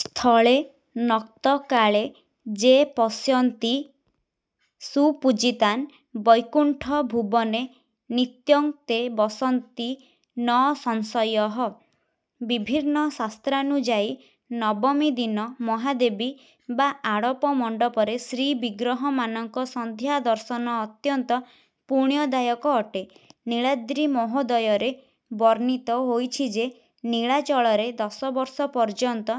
ସ୍ଥଳେ ନକ୍ତକାଳେ ଯେ ପଶ୍ୟନ୍ତି ସୁପୂଜିତାନ୍ ବୈକୁଣ୍ଠ ଭୁବନେ ନିତ୍ୟଂ ତେ ବସନ୍ତି ନ ସଂଶୟଃ। ବିଭିନ୍ନ ଶାସ୍ତ୍ରାନୁଯାୟୀ ନବମୀ ଦିନ ମହାବେଦୀ ବା ଆଡ଼ପ ମଣ୍ଡପରେ ଶ୍ରୀବିଗ୍ରହମାନଙ୍କ ସନ୍ଧ୍ୟା ଦର୍ଶନ ଅତ୍ୟନ୍ତ ପୁଣ୍ୟଦାୟକ ଅଟେ। ନୀଳାଦ୍ରି ମହୋଦୟରେ ବର୍ଣ୍ଣିତ ହୋଇଛି ଯେ, ନୀଳାଚଳରେ ଦଶ ବର୍ଷ ପର୍ଯ୍ୟନ୍ତ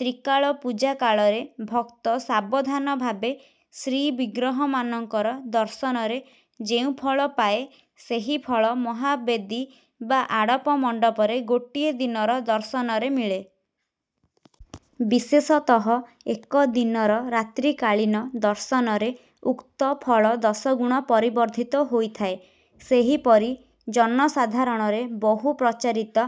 ତ୍ରିକାଳ ପୂଜା କାଳରେ ଭକ୍ତ ସାବଧାନ ଭାବେ ଶ୍ରୀବିଗ୍ରହମାନଙ୍କର ଦର୍ଶନରେ ଯେଉଁ ଫଳ ପାଏ, ସେହି ଫଳ ମହାବେଦୀ ବା ଆଡ଼ପ ମଣ୍ଡପରେ ଗୋଟିଏ ଦିନର ଦର୍ଶନରେ ମିଳେ। ବିଶେଷତଃ ଏକ ଦିନର ରାତ୍ରିକାଳୀନ ଦର୍ଶନରେ ଉକ୍ତ ଫଳ ଦଶଗୁଣ ପରିବର୍ଦ୍ଧିତ ହୋଇଥାଏ। ସେହିପରି ଜନସାଧାରଣରେ ବହୁ ପ୍ରଚାରିତ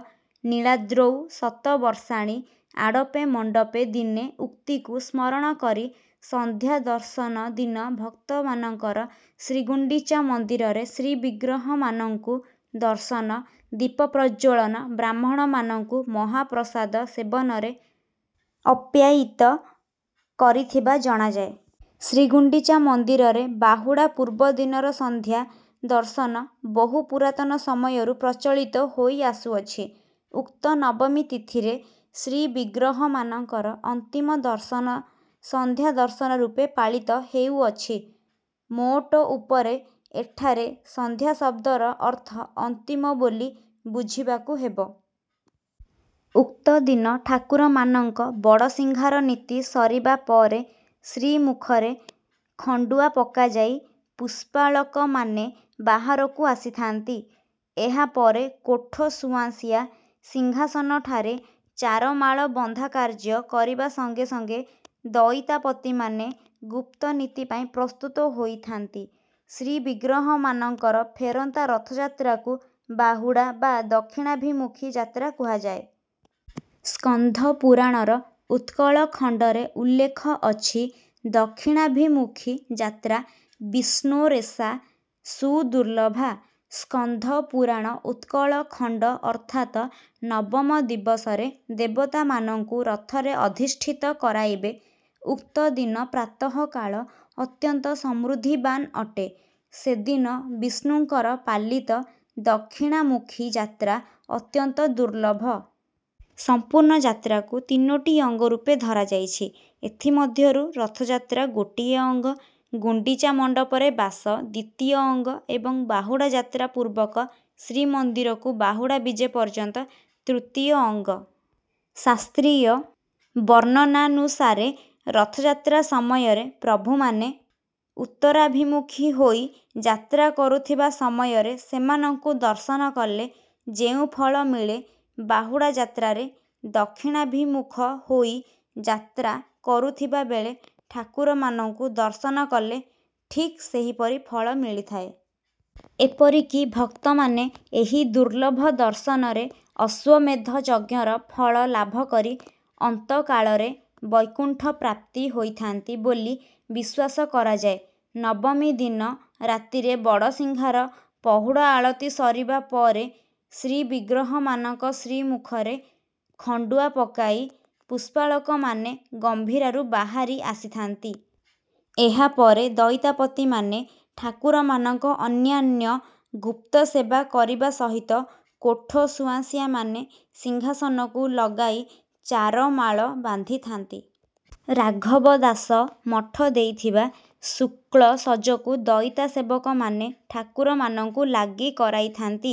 ନୀଳାଦ୍ରୌ ଶତବର୍ଷାଣି ଆଡ଼ପେ ମଣ୍ଡପେ ଦିନେ ଉକ୍ତିକୁ ସ୍ମରଣ କରି ସନ୍ଧ୍ୟା ଦର୍ଶନ ଦିନ ଭକ୍ତମାନଙ୍କର ଶ୍ରୀଗୁଣ୍ଡିଚା ମନ୍ଦିରରେ ଶ୍ରୀବିଗ୍ରହମାନଙ୍କୁ ଦର୍ଶନ, ଦୀପ ପ୍ରଜ୍ଜ୍ୱଳନ, ବ୍ରାହ୍ମଣମାନଙ୍କୁ ମହାପ୍ରସାଦ ସେବନରେ ଅପ୍ୟାୟିତ କରିଥିବା ଜଣାଯାଏ। ଶ୍ରୀଗୁଣ୍ଡିଚା ମନ୍ଦିରରେ ବାହୁଡ଼ା ପୂର୍ବ ଦିନର ସନ୍ଧ୍ୟା ଦର୍ଶନ ବହୁ ପୁରାତନ ସମୟରୁ ପ୍ରଚଳିତ ହୋଇ ଆସୁଅଛି। ଉକ୍ତ ନବମୀ ତିଥିରେ ଶ୍ରୀବିଗ୍ରହମାନଙ୍କର ଅନ୍ତିମ ଦର୍ଶନ ସନ୍ଧ୍ୟା ଦର୍ଶନ ରୂପେ ପାଳିତ ହେଉଅଛି। ମୋଟ ଉପରେ ଏଠାରେ ସନ୍ଧ୍ୟା ଶବ୍ଦର ଅର୍ଥ ଅନ୍ତିମ ବୋଲି ବୁଝିବାକୁ ହେବ। ଉକ୍ତଦିନ ଠାକୁରମାନଙ୍କ ବଡ଼ସିଂହାର ନୀତି ସରିବା ପରେ ଶ୍ରୀମୁଖରେ ଖଣ୍ଡୁଆ ପକାଯାଇ ପୁଷ୍ପାଳକମାନେ ବାହାରକୁ ଆସିଥାନ୍ତି। ଏହା ପରେ କୋଠ ସୁଆଁସିଆ ସିଂହାସନଠାରେ ଚାରମାଳ ବନ୍ଧା କାର୍ଯ୍ୟ କରିବା ସଙ୍ଗେ ସଙ୍ଗେ ଦଇତାପତିମାନେ ଗୁପ୍ତ ନୀତି ପାଇଁ ପ୍ରସ୍ତୁତ ହୋଇଥାନ୍ତି। ଶ୍ରୀବିଗ୍ରହମାନଙ୍କର ଫେରନ୍ତା ରଥଯାତ୍ରାକୁ ବାହୁଡ଼ା ବା ଦକ୍ଷିଣାଭିମୁଖୀ ଯାତ୍ରା କୁହାଯାଏ। ସ୍କନ୍ଧ ପୁରାଣର ଉତ୍କଳ ଖଣ୍ଡରେ ଉଲ୍ଲେଖ ଅଛି ଦକ୍ଷିଣାଭିମୁଖୀ ଯାତ୍ରା ବିଷ୍ଣୋରେଷା ସୁଦୁର୍ଲଭା। ସ୍କନ୍ଧ ପୁରାଣ, ଉତ୍କଳ ଖଣ୍ଡ ଅର୍ଥାତ ନବମ ଦିବସରେ ଦେବତାମାନଙ୍କୁ ରଥରେ ଅଧିଷ୍ଠିତ କରାଇବେ। ଉକ୍ତ ଦିନ ପ୍ରାତଃ କାଳ ଅତ୍ୟନ୍ତ ସମୃଦ୍ଧିବାନ୍ ଅଟେ। ସେଦିନ ବିଷ୍ଣୁଙ୍କର ପାଲିତ ଦକ୍ଷିଣାମୁଖୀ ଯାତ୍ରା ଅତ୍ୟନ୍ତ ଦୁର୍ଲଭ। ସମ୍ପୂର୍ଣ୍ଣ ଯାତ୍ରାକୁ ତିନୋଟି ଅଙ୍ଗ ରୂପେ ଧରାଯାଇଛି। ଏଥିମଧ୍ୟରୁ ରଥଯାତ୍ରା ଗୋଟିଏ ଅଙ୍ଗ, ଗୁଣ୍ଡିଚା ମଣ୍ଡପରେ ବାସ ଦ୍ୱିତୀୟ ଅଙ୍ଗ ଏବଂ ବାହୁଡ଼ା ଯାତ୍ରା ପୂର୍ବକ ଶ୍ରୀମନ୍ଦିରକୁ ବାହୁଡ଼ା ବିଜେ ପର୍ଯ୍ୟନ୍ତ ତୃତୀୟ ଅଙ୍ଗ। ଶାସ୍ତ୍ରୀୟ ବର୍ଣ୍ଣନାନୁସାରେ ରଥଯାତ୍ରା ସମୟରେ ପ୍ରଭୁମାନେ ଉତ୍ତରାଭିମୁଖୀ ହୋଇ ଯାତ୍ରା କରୁଥିବା ସମୟରେ ସେମାନଙ୍କୁ ଦର୍ଶନ କଲେ ଯେଉଁ ଫଳ ମିଳେ, ବାହୁଡ଼ା ଯାତ୍ରାରେ ଦକ୍ଷିଣାଭିମୁଖ ହୋଇ ଯାତ୍ରା କରୁଥିବା ବେଳେ ଠାକୁରମାନଙ୍କୁ ଦର୍ଶନ କଲେ ଠିକ୍ ସେହିପରି ଫଳ ମିଳିଥାଏ। ଏପରିକି ଭକ୍ତମାନେ ଏହି ଦୁର୍ଲଭ ଦର୍ଶନରେ ଅଶ୍ୱମେଧ ଯଜ୍ଞର ଫଳ ଲାଭ କରି ଅନ୍ତକାଳରେ ବୈକୁଣ୍ଠ ପ୍ରାପ୍ତି ହୋଇଥାନ୍ତି ବୋଲି ବିଶ୍ୱାସ କରାଯାଏ। ନବମୀ ଦିନ ରାତିରେ ବଡ଼ସିଂହାର, ପହୁଡ଼ ଆଳତି ସରିବା ପରେ ଶ୍ରୀବିଗ୍ରହମାନଙ୍କ ଶ୍ରୀମୁଖରେ ଖଣ୍ଡୁଆ ପକାଇ ପୁଷ୍ପାଳକମାନେ ଗମ୍ଭୀରାରୁ ବାହାରି ଆସିଥାନ୍ତି। ଏହା ପରେ ଦଇତାପତିମାନେ ଠାକୁରମାନଙ୍କ ଅନ୍ୟାନ୍ୟ ଗୁପ୍ତସେବା କରିବା ସହିତ କୋଠ ସୁଆଁସିଆମାନେ ସିଂହାସନକୁ ଲଗାଇ ଚାରମାଳ ବାନ୍ଧିଥାନ୍ତି। ରାଘବ ଦାସ ମଠ ଦେଇଥିବା ଶୁକ୍ଳ ସଜକୁ ଦଇତା ସେବକମାନେ ଠାକୁରମାନଙ୍କୁ ଲାଗି କରାଇଥାନ୍ତି।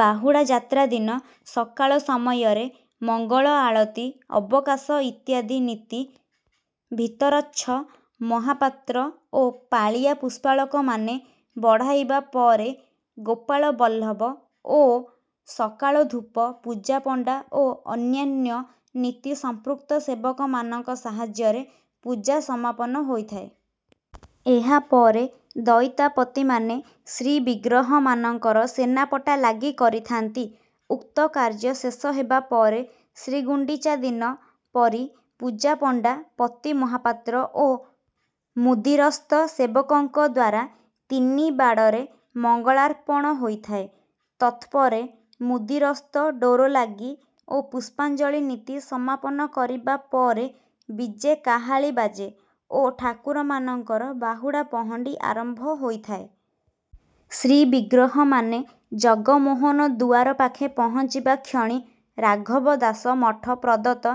ବାହୁଡ଼ା ଯାତ୍ରା ଦିନ ସକାଳ ସମୟରେ ମଙ୍ଗଳ ଆଳତି, ଅବକାଶ ଇତ୍ୟାଦି ନୀତି ଭିତରଚ୍ଛ ମହାପାତ୍ର ଓ ପାଳିଆ ପୁଷ୍ପାଳକମାନେ ବଢ଼ାଇବା ପରେ ଗୋପାଳ ବଲ୍ଲଭ ଓ ସକାଳ ଧୂପ ପୂଜାପଣ୍ଡା ଓ ଅନ୍ୟାନ୍ୟ ନୀତି ସମ୍ପୃକ୍ତ ସେବକମାନଙ୍କ ସାହାଯ୍ୟରେ ପୂଜା ସମାପନ ହୋଇଥାଏ। ଏହା ପରେ ଦଇତାପତିମାନେ ଶ୍ରୀବିଗ୍ରହମାନଙ୍କର ସେନାପଟା ଲାଗି କରିଥାନ୍ତି। ଉକ୍ତ କାର୍ଯ୍ୟ ଶେଷ ହେବାପରେ ଶ୍ରୀଗୁଣ୍ଡିଚା ଦିନ ପରି ପୂଜାପଣ୍ଡା, ପତିମହାପାତ୍ର ଓ ମୁଦିରସ୍ତ ସେବକଙ୍କ ଦ୍ୱାରା ତିନିବାଡ଼ରେ ମଙ୍ଗଳାର୍ପଣ ହୋଇଥାଏ। ତତ୍ପରେ ମୁଦିରସ୍ତ ଡୋରଲାଗି ଓ ପୁଷ୍ପାଞ୍ଜଳି ନୀତି ସମାପନ କରିବା ପରେ ବିଜେ କାହାଳୀ ବାଜେ ଓ ଠାକୁରମାନଙ୍କର ବାହୁଡ଼ା ପହଣ୍ଡି ଆରମ୍ଭ ହୋଇଥାଏ। ଶ୍ରୀବିଗ୍ରହମାନେ ଜଗମୋହନ ଦୁଆର ପାଖେ ପହଞ୍ଚିବା କ୍ଷଣି ରାଘବ ଦାସ ମଠ ପ୍ରଦତ୍ତ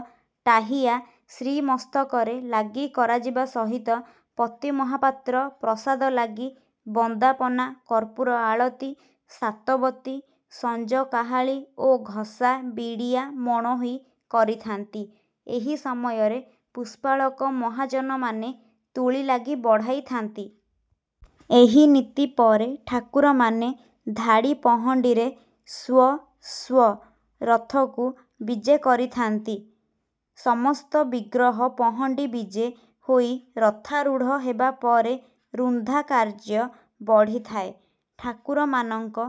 ଟାହିଆ ଶ୍ରୀମସ୍ତକରେ ଲାଗି କରାଯିବା ସହିତ, ପତି ମହାପାତ୍ର ପ୍ରସାଦ ଲାଗି, ବନ୍ଦାପନା, କର୍ପୂର ଆଳତି, ସାତବତୀ, ସଞ୍ଜ କାହାଳୀ ଓ ଘସା, ବିଡ଼ିଆ ମଣୋହି କରିଥାନ୍ତି। ଏହି ସମୟରେ ପୁଷ୍ପାଳକ ମହାଜନମାନେ ତୁଳି ଲାଗି ବଢ଼ାଇଥାନ୍ତି। ଏହି ନୀତି ପରେ ଠାକୁରମାନେ ଧାଡ଼ି ପହଣ୍ଡିରେ ସ୍ୱ ସ୍ୱ ରଥକୁ ବିଜେ କରିଥାନ୍ତି। ସମସ୍ତ ବିଗ୍ରହ ପହଣ୍ଡି ବିଜେ ହୋଇ ରଥାରୂଢ଼ ହେବାପରେ ରୁନ୍ଧା କାର୍ଯ୍ୟ ବଢ଼ିଥାଏ। ଠାକୁରମାନଙ୍କ